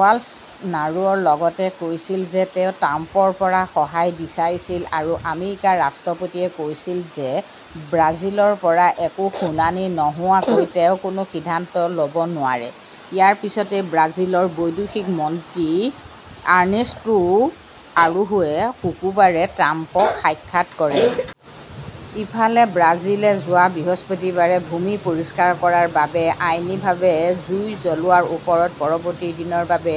বলছ "নাৰোৱে লগতে কৈছিল যে তেওঁ ট্ৰাম্পৰ পৰা সহায় বিচাৰিছিল আৰু আমেৰিকাৰ ৰাষ্ট্ৰপতিয়ে কৈছিল যে ব্ৰাজিলৰ পৰা একো শুনানি নোহোৱাকৈ তেওঁ কোনো সিদ্ধান্ত ল’ব নোৱাৰে। ইয়াৰ পিছতে ব্ৰাজিলৰ বৈদেশিক মন্ত্ৰী আৰ্নেষ্টো অৰোহুৱে শুকুৰবাৰে ট্ৰাম্পক সাক্ষাৎ কৰে। ইফালে, ব্ৰাজিলে যোৱা বৃহস্পতিবাৰে ভূমি পৰিষ্কাৰ কৰাৰ বাবে আইনীভাৱে জুই জ্বলোৱাৰ ওপৰত পৰৱৰ্তী দিনৰ বাবে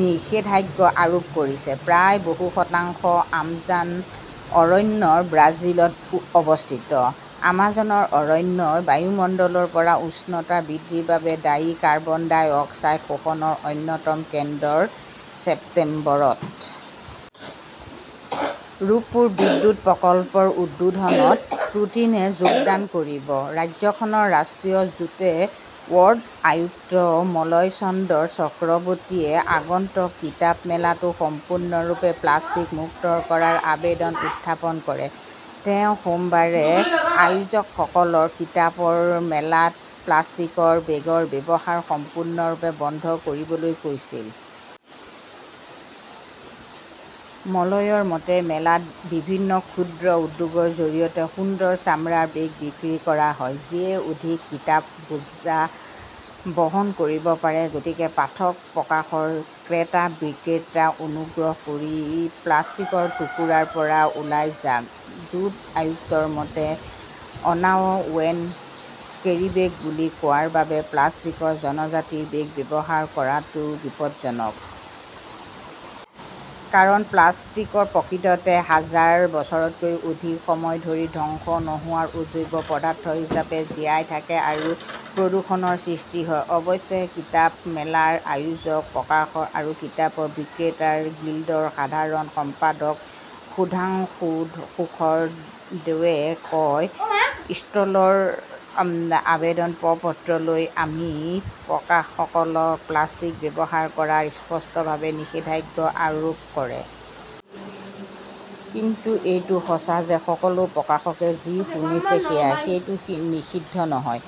নিষেধাজ্ঞা আৰোপ কৰিছে। প্ৰায় বহু শতাংশ আমাজন অৰণ্য ব্ৰাজিলত অৱস্থিত। আমাজনৰ অৰণ্যই বায়ুমণ্ডলৰ পৰা উষ্ণতা বৃদ্ধিৰ বাবে দায়ী কাৰ্বন ডাই অক্সাইড শোষণৰ অন্যতম কেন্দ্ৰ। ছেপ্টেম্বৰত ৰূপপুৰ বিদ্যুৎ প্ৰকল্প উদ্বোধনত, পুটিনে যোগদান কৰিব। ৰাজ্যখনৰ ৰাষ্ট্ৰীয় জুট ব’ৰ্ডৰ আয়ুক্ত মলয় চন্দন চক্ৰৱৰ্তিয়ে আগন্তুক কিতাপ মেলাটো সম্পূৰ্ণৰূপে প্লাষ্টিক মুক্ত কৰাৰ আবেদন উত্থাপন কৰে। তেওঁ সোমবাৰে আয়োজকসকলক কিতাপৰ মেলাত প্লাষ্টিকৰ বেগৰ ব্যৱহাৰ সম্পূৰ্ণৰূপে বন্ধ কৰিবলৈ কৈছিল। মলয়ৰ মতে, "মেলাত বিভিন্ন ক্ষুদ্ৰ উদ্যোগৰ জৰিয়তে সুন্দৰ চামৰাৰ বেগ বিক্ৰী কৰা হয়, যিয়ে অধিক কিতাপৰ বোজা বহন কৰিব পাৰে। গতিকে পাঠক, প্ৰকাশক, ক্ৰেতা, বিক্ৰেতা-অনুগ্ৰহ কৰি প্লাষ্টিকৰ টুকুৰাৰ পৰা ওলাই যাওক! "জুট আয়ুক্তৰ মতে, আনঅ" ৱেন কেৰীবেগ বুলি কোৱাৰ বাবে প্লাষ্টিক জনজাতিৰ বেগ ব্যৱহাৰ কৰাটোও বিপদজনক। কাৰণ, প্লাষ্টিক প্ৰকৃততে হাজাৰ বছৰতকৈও অধিক সময় ধৰি ধ্বংস নোহোৱা অজৈব পদাৰ্থ হিচাপে জীয়াই থাকে আৰু প্ৰদূষণৰ সৃষ্টি কৰে। অৱশ্যে, কিতাপ মেলাৰ আয়োজক, প্ৰকাশক আৰু কিতাপ বিক্ৰেতা গিল্ডৰ সাধাৰণ সম্পাদক সুধাংশুশেখৰ দেয়ে কয়, "ষ্টলৰ আবেদন প্ৰ-পত্ৰলৈকে আমি প্ৰকাশকসকলক প্লাষ্টিক ব্যৱহাৰ কৰাত স্পষ্টভাৱে নিষেধাজ্ঞা আৰোপ কৰো। কিন্তু এইটো সঁচা যে সকলো প্ৰকাশকে যি শুনিছে সেয়া। সেইটো নিষিদ্ধ নহয়।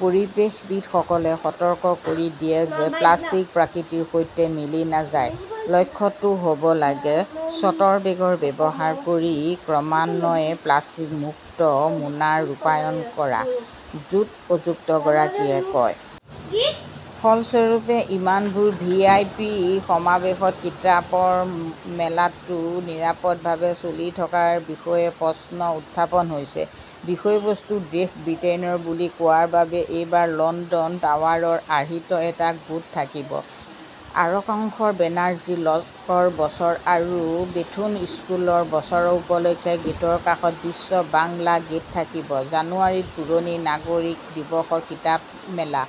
পৰিৱেশবিদসকলে সতৰ্ক কৰি দিয়ে যে প্লাষ্টিক প্ৰকৃতিৰ সৈতে মিলি নাযায়। "লক্ষ্যটো হ’ব লাগে চটৰ বেগ ব্যৱহাৰ কৰি ক্ৰমান্বয়ে প্লাষ্টিক-মুক্ত মেলা ৰূপায়ণ কৰা ", জুট আয়ুক্তগৰাকীয়ে কয়। ফলস্বৰূপে, ইমানবোৰ ভি. আই. পি. সমাৱেশত কিতাপৰ মেলাটো নিৰাপদভাৱে চলি থকাৰ বিষয়ে প্ৰশ্ন উত্থাপন হৈছে। বিষয়বস্তু দেশ 'ব্ৰিটেইন’ বুলি কোৱাৰ বাবে এইবাৰ লণ্ডন টাৱাৰৰ আৰ্হিত এটা গেট থাকিব। তাৰাশংকৰ বেনাৰ্জী, লৰ্কাৰ বছৰ আৰু বেথুন স্কুলৰ বছৰ উপলক্ষে গেটৰ কাষত বিশ্ব বাংলা গেট থাকিব। জানুৱাৰীত পুৰণি নাগৰিক দিৱসৰ কিতাপ মেলা।